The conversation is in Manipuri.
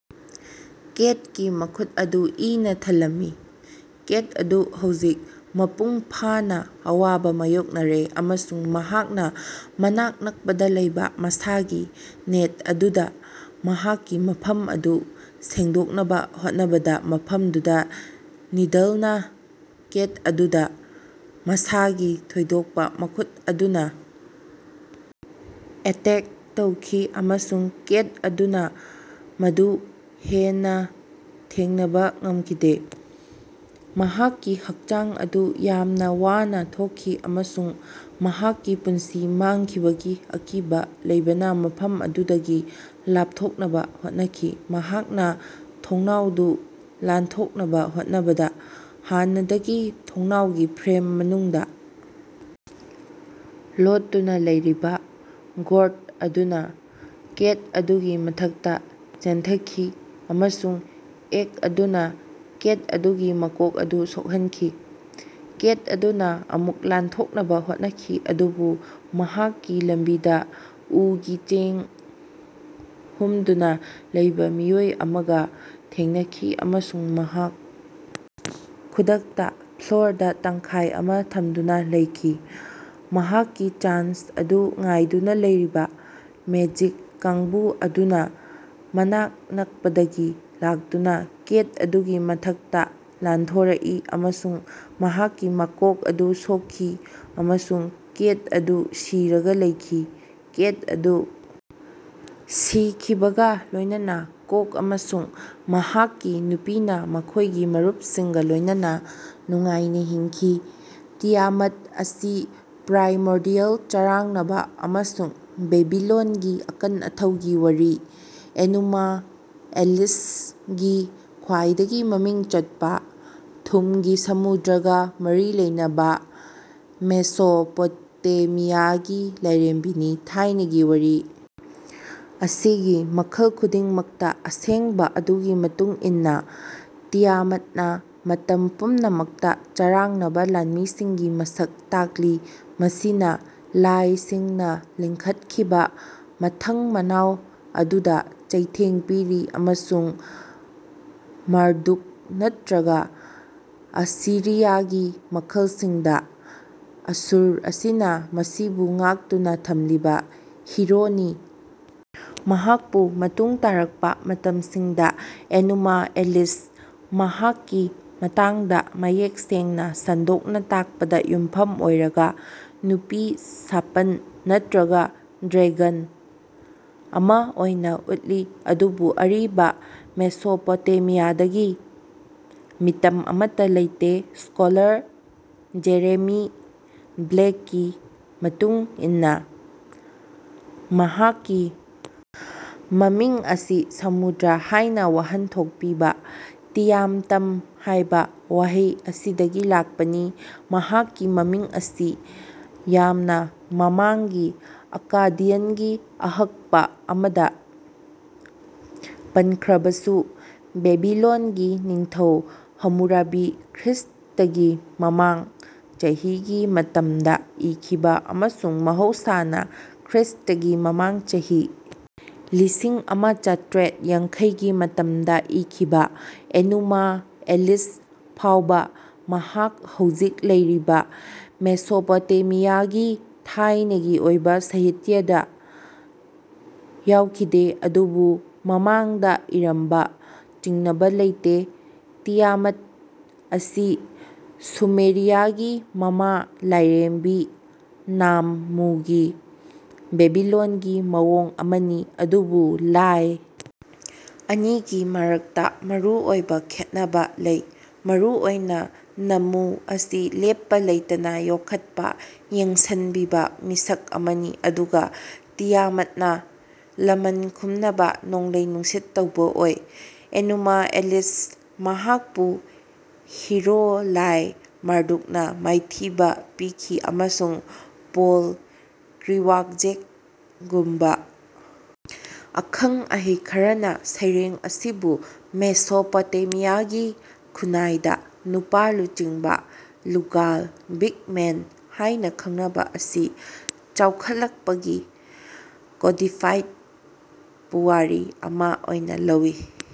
ꯀꯦꯠꯀꯤ ꯃꯈꯨꯠ ꯑꯗꯨ ꯏꯅꯥ ꯊꯜꯂꯝꯃꯤ꯫ ꯀꯦꯠ ꯑꯗꯨ ꯍꯧꯖꯤꯛ ꯃꯄꯨꯡ ꯐꯥꯅꯥ ꯑꯋꯥꯕꯥ ꯃꯥꯌꯣꯛꯅꯔꯦ ꯑꯃꯁꯨꯡ ꯃꯍꯥꯛꯅꯥ ꯃꯅꯥꯛ ꯅꯛꯄꯗꯥ ꯂꯩꯕꯥ ꯃꯁꯥꯒꯤ ꯅꯦꯠ ꯑꯗꯨꯅꯥ ꯃꯍꯥꯛꯀꯤ ꯃꯐꯝ ꯑꯗꯨ ꯁꯦꯡꯗꯣꯛꯅꯕꯥ ꯍꯣꯠꯅꯕꯗꯥ ꯃꯐꯝꯗꯨꯗꯥ ꯅꯤꯗꯜꯅꯥ ꯀꯦꯠ ꯑꯗꯨꯗꯥ ꯃꯁꯥꯒꯤ ꯊꯣꯏꯗꯣꯛꯄꯥ ꯃꯈꯨꯠ ꯑꯗꯨꯅꯥ ꯑꯦꯇꯦꯛ ꯇꯧꯈꯤ ꯑꯃꯁꯨꯡ ꯀꯦꯠ ꯑꯗꯨꯅꯥ ꯃꯗꯨ ꯍꯦꯟꯅꯥ ꯊꯦꯡꯅꯕꯥ ꯉꯝꯈꯤꯗꯦ꯫ ꯃꯍꯥꯛꯀꯤ ꯍꯛꯆꯥꯡ ꯑꯗꯨ ꯌꯥꯝꯅꯥ ꯋꯥꯅꯥ ꯊꯣꯛꯈꯤ ꯑꯃꯁꯨꯡ ꯃꯍꯥꯛꯀꯤ ꯄꯨꯟꯁꯤ ꯃꯥꯡꯈꯤꯕꯒꯤ ꯑꯀꯤꯕꯥ ꯂꯩꯕꯅꯥ ꯃꯐꯝ ꯑꯗꯨꯗꯒꯤ ꯂꯥꯞꯊꯣꯛꯅꯕꯥ ꯍꯣꯠꯅꯈꯤ꯫ ꯃꯍꯥꯛꯅꯥ ꯊꯣꯡꯅꯥꯎꯗꯨ ꯂꯥꯟꯊꯣꯛꯅꯕꯥ ꯍꯣꯠꯅꯕꯗꯥ ꯍꯥꯟꯅꯗꯒꯤ ꯊꯣꯡꯅꯥꯎꯒꯤ ꯐ꯭ꯔꯦꯝ ꯃꯅꯨꯡꯗꯥ ꯂꯣꯠꯇꯨꯅꯥ ꯂꯩꯔꯤꯕꯥ ꯒꯣꯔꯗ ꯑꯗꯨꯅꯥ ꯀꯦꯠ ꯑꯗꯨꯒꯤ ꯃꯊꯛꯇꯥ ꯆꯦꯟꯊꯈꯤ ꯑꯃꯁꯨꯡ ꯑꯦꯛ ꯑꯗꯨꯅꯥ ꯀꯦꯠ ꯑꯗꯨꯒꯤ ꯃꯀꯣꯛ ꯑꯗꯨ ꯁꯣꯛꯍꯟꯈꯤ꯫ ꯀꯦꯠ ꯑꯗꯨꯅꯥ ꯑꯃꯨꯛ ꯂꯥꯟꯊꯣꯛꯅꯕꯥ ꯍꯣꯠꯅꯈꯤ ꯑꯗꯨꯕꯨ ꯃꯍꯥꯛꯀꯤ ꯂꯝꯕꯤꯗꯥ ꯎꯒꯤ ꯆꯦꯡ ꯍꯨꯝꯗꯨꯅꯥ ꯂꯩꯕꯥ ꯃꯤꯑꯣꯏ ꯑꯃꯒꯥ ꯊꯦꯡꯅꯈꯤ ꯑꯃꯁꯨꯡ ꯃꯍꯥꯛ ꯈꯨꯗꯛꯇꯥ ꯐ꯭ꯂꯣꯔꯗꯥ ꯇꯪꯈꯥꯏ ꯑꯃꯥ ꯊꯝꯗꯨꯅꯥ ꯂꯩꯈꯤ꯫ ꯃꯍꯥꯛꯀꯤ ꯆꯥꯟꯁ ꯑꯗꯨ ꯉꯥꯏꯗꯨꯅꯥ ꯂꯩꯔꯤꯕꯥ ꯃꯦꯖꯤꯛ ꯀꯥꯡꯕꯨ ꯑꯗꯨꯅꯥ ꯃꯅꯥꯛ ꯅꯛꯄꯗꯒꯤ ꯂꯥꯛꯇꯨꯅꯥ ꯀꯦꯠ ꯑꯗꯨꯒꯤ ꯃꯊꯛꯇꯥ ꯂꯥꯟꯊꯣꯔꯛꯏ ꯑꯃꯁꯨꯡ ꯃꯍꯥꯛꯀꯤ ꯃꯀꯣꯛ ꯑꯗꯨ ꯁꯣꯛꯈꯤ ꯑꯃꯁꯨꯡ ꯀꯦꯠ ꯑꯗꯨ ꯁꯤꯔꯒꯥ ꯂꯩꯈꯤ꯫ ꯀꯦꯠ ꯑꯗꯨ ꯁꯤꯈꯤꯕꯒꯥ ꯂꯣꯏꯅꯅꯥ ꯀꯣꯛ ꯑꯃꯁꯨꯡ ꯃꯍꯥꯛꯀꯤ ꯅꯨꯄꯤꯅꯥ ꯃꯈꯣꯏꯒꯤ ꯃꯔꯨꯞꯁꯤꯡꯒꯥ ꯂꯣꯏꯅꯅꯥ ꯅꯨꯡꯉꯥꯏꯅꯥ ꯍꯤꯡꯈꯤ꯫ ꯇꯤꯌꯥꯃꯠ ꯑꯁꯤ ꯄ꯭ꯔꯥꯏꯃꯣꯔꯗꯤꯌꯦꯜ ꯆꯔꯥꯡꯅꯕ ꯑꯃꯁꯨꯡ ꯕꯦꯕꯤꯂꯣꯟꯒꯤ ꯑꯀꯟ ꯑꯊꯧꯒꯤ ꯋꯥꯔꯤ ꯑꯦꯅꯨꯃꯥ ꯑꯦꯂꯤꯁꯇꯒꯤ ꯈ꯭ꯋꯥꯏꯗꯒꯤ ꯃꯃꯤꯡ ꯆꯠꯄ ꯊꯨꯝꯒꯤ ꯁꯃꯨꯗ꯭ꯔꯒ ꯃꯔꯤ ꯂꯩꯅꯕ ꯃꯦꯁꯣꯄꯣꯇꯦꯃꯤꯌꯥꯒꯤ ꯂꯥꯏꯔꯦꯝꯕꯤꯅꯤ꯫ ꯊꯥꯏꯅꯒꯤ ꯋꯥꯔꯤ ꯑꯁꯤꯒꯤ ꯃꯈꯜ ꯈꯨꯗꯤꯡꯃꯛꯇ ꯑꯁꯦꯡꯕ ꯑꯗꯨꯒꯤ ꯃꯇꯨꯡ ꯏꯟꯅ ꯇꯤꯌꯥꯃꯠꯅ ꯃꯇꯝ ꯄꯨꯝꯅꯃꯛꯇ ꯆꯔꯥꯡꯅꯕ ꯂꯥꯟꯃꯤꯁꯤꯡꯒꯤ ꯃꯁꯛ ꯇꯥꯛꯂꯤ ꯃꯁꯤꯅ ꯂꯥꯏꯁꯤꯡꯅ ꯂꯤꯡꯈꯠꯈꯤꯕ ꯃꯊꯪ ꯃꯅꯥꯎ ꯑꯗꯨꯗ ꯆꯩꯊꯦꯡ ꯄꯤꯔꯤ ꯑꯃꯁꯨꯡ ꯃꯥꯔꯗꯨꯛ ꯅꯠꯇ꯭ꯔꯒ ꯑꯁꯤꯔꯤꯌꯥꯒꯤ ꯃꯈꯜꯁꯤꯡꯗ ꯑꯁꯨꯔ ꯑꯁꯤꯅ ꯃꯁꯤꯕꯨ ꯉꯥꯛꯇꯨꯅ ꯊꯝꯂꯤꯕ ꯍꯤꯔꯣꯅꯤ꯫ ꯃꯍꯥꯛꯄꯨ ꯃꯇꯨꯡ ꯇꯥꯔꯛꯄ ꯃꯇꯝꯁꯤꯡꯗ ꯑꯦꯅꯨꯃꯥ ꯑꯦꯂꯤꯁꯇ ꯃꯍꯥꯛꯀꯤ ꯃꯇꯥꯡꯗ ꯃꯌꯦꯛ ꯁꯦꯡꯅ ꯁꯟꯗꯣꯛꯅ ꯇꯥꯛꯄꯗ ꯌꯨꯝꯐꯝ ꯑꯣꯏꯔꯒ ꯅꯨꯄꯤ ꯁꯥꯄꯟ ꯅꯠꯇ꯭ꯔꯒ ꯗ꯭ꯔꯦꯒꯟ ꯑꯃ ꯑꯣꯏꯅ ꯎꯠꯂꯤ ꯑꯗꯨꯕꯨ ꯑꯔꯤꯕ ꯃꯦꯁꯣꯄꯣꯇꯦꯃꯤꯌꯥꯗꯒꯤ ꯃꯤꯇꯝ ꯑꯃꯠꯇ ꯂꯩꯇꯦ꯫ ꯁ꯭ꯀꯣꯂꯔ ꯖꯦꯔꯦꯃꯤ ꯕ꯭ꯂꯦꯛꯀꯤ ꯃꯇꯨꯡ ꯏꯟꯅ ꯃꯍꯥꯛꯀꯤ ꯃꯃꯤꯡ ꯑꯁꯤ ꯁꯃꯨꯗ꯭ꯔ ꯍꯥꯏꯅ ꯋꯥꯍꯟꯊꯣꯛ ꯄꯤꯕ ꯇꯤꯌꯥꯝꯇꯝ ꯍꯥꯏꯕ ꯋꯥꯍꯩ ꯑꯁꯤꯗꯒꯤ ꯂꯥꯛꯄꯅꯤ꯫ ꯃꯍꯥꯛꯀꯤ ꯃꯃꯤꯡ ꯑꯁꯤ ꯌꯥꯝꯅ ꯃꯃꯥꯡꯒꯤ ꯑꯛꯀꯥꯗꯤꯌꯟꯒꯤ ꯑꯍꯛꯄ ꯑꯃꯗ ꯄꯟꯈ꯭ꯔꯕꯁꯨ, ꯕꯦꯕꯤꯂꯣꯟꯒꯤ ꯅꯤꯡꯊꯧ ꯍꯝꯃꯨꯔꯥꯕꯤ ꯈ꯭ꯔꯤꯁ꯭ꯇꯒꯤ ꯃꯃꯥꯡ ꯆꯍꯤꯒꯤ ꯃꯇꯝꯗ ꯏꯈꯤꯕ ꯑꯃꯁꯨꯡ ꯃꯍꯧꯁꯥꯅ ꯈ꯭ꯔꯤꯁ꯭ꯇꯒꯤ ꯃꯃꯥꯡ ꯆꯍꯤ ꯂꯤꯁꯤꯡ ꯑꯃ ꯆꯥꯇ꯭ꯔꯦꯠ ꯌꯥꯡꯈꯩꯒꯤ ꯃꯇꯝꯗ ꯏꯈꯤꯕ ꯑꯦꯅꯨꯃꯥ ꯑꯦꯂꯤꯁ ꯐꯥꯎꯕ ꯃꯍꯥꯛ ꯍꯧꯖꯤꯛ ꯂꯩꯔꯤꯕ ꯃꯦꯁꯣꯄꯣꯇꯦꯃꯤꯌꯥꯒꯤ ꯊꯥꯏꯅꯒꯤ ꯑꯣꯏꯕ ꯁꯥꯍꯤꯇ꯭ꯌꯗ ꯌꯥꯎꯈꯤꯗꯦ ꯑꯗꯨꯕꯨ ꯃꯃꯥꯡꯗ ꯏꯔꯝꯕ ꯆꯤꯡꯅꯕ ꯂꯩꯇꯦ꯫ ꯇꯤꯌꯥꯃꯠ ꯑꯁꯤ ꯁꯨꯃꯦꯔꯤꯌꯥꯒꯤ ꯃꯃꯥ ꯂꯥꯏꯔꯦꯝꯕꯤ ꯅꯥꯝꯃꯨꯒꯤ ꯕꯦꯕꯤꯂꯣꯟꯒꯤ ꯃꯑꯣꯡ ꯑꯃꯅꯤ ꯑꯗꯨꯕꯨ ꯂꯥꯏ ꯑꯅꯤꯒꯤ ꯃꯔꯛꯇ ꯃꯔꯨꯑꯣꯏꯕ ꯈꯦꯠꯅꯕ ꯂꯩ ꯃꯔꯨꯑꯣꯏꯅ ꯅꯝꯃꯨ ꯑꯁꯤ ꯂꯦꯞꯄ ꯂꯩꯇꯅ ꯌꯣꯛꯈꯠꯄ ꯌꯦꯡꯁꯤꯟꯕꯤꯕ ꯃꯤꯁꯛ ꯑꯃꯅꯤ ꯑꯗꯨꯒ ꯇꯤꯌꯥꯃꯠꯅ ꯂꯃꯟ ꯈꯨꯝꯅꯕ ꯅꯣꯡꯂꯩ ꯅꯨꯡꯁꯤꯠ ꯇꯧꯕ ꯑꯣꯏ꯫ ꯑꯦꯅꯨꯃꯥ ꯑꯦꯂꯤꯁꯇ ꯃꯍꯥꯛꯄꯨ ꯍꯤꯔꯣ ꯂꯥꯏ ꯃꯥꯔꯗꯨꯛꯅ ꯃꯥꯏꯊꯤꯕ ꯄꯤꯈꯤ ꯑꯃꯁꯨꯡ ꯄꯣꯜ ꯀ꯭ꯔꯤꯋꯥꯛꯖꯦꯛꯒꯨꯝꯕ ꯑꯈꯪ ꯑꯍꯩ ꯈꯔꯅ ꯁꯩꯔꯦꯡ ꯑꯁꯤꯕꯨ ꯃꯦꯁꯣꯄꯣꯇꯦꯃꯤꯌꯥꯒꯤ ꯈꯨꯟꯅꯥꯏꯗ ꯅꯨꯄꯥ ꯂꯨꯆꯤꯡꯕ ꯂꯨꯒꯥꯜ ꯕꯤꯒ ꯃꯦꯟ ꯍꯥꯏꯅ ꯈꯪꯅꯕ ꯑꯁꯤ ꯆꯥꯎꯈꯠꯂꯛꯄꯒꯤ ꯀꯣꯗꯤꯐꯥꯏꯗ ꯄꯨꯋꯥꯔꯤ ꯑꯃ ꯑꯣꯏꯅ ꯂꯧꯋꯤ꯫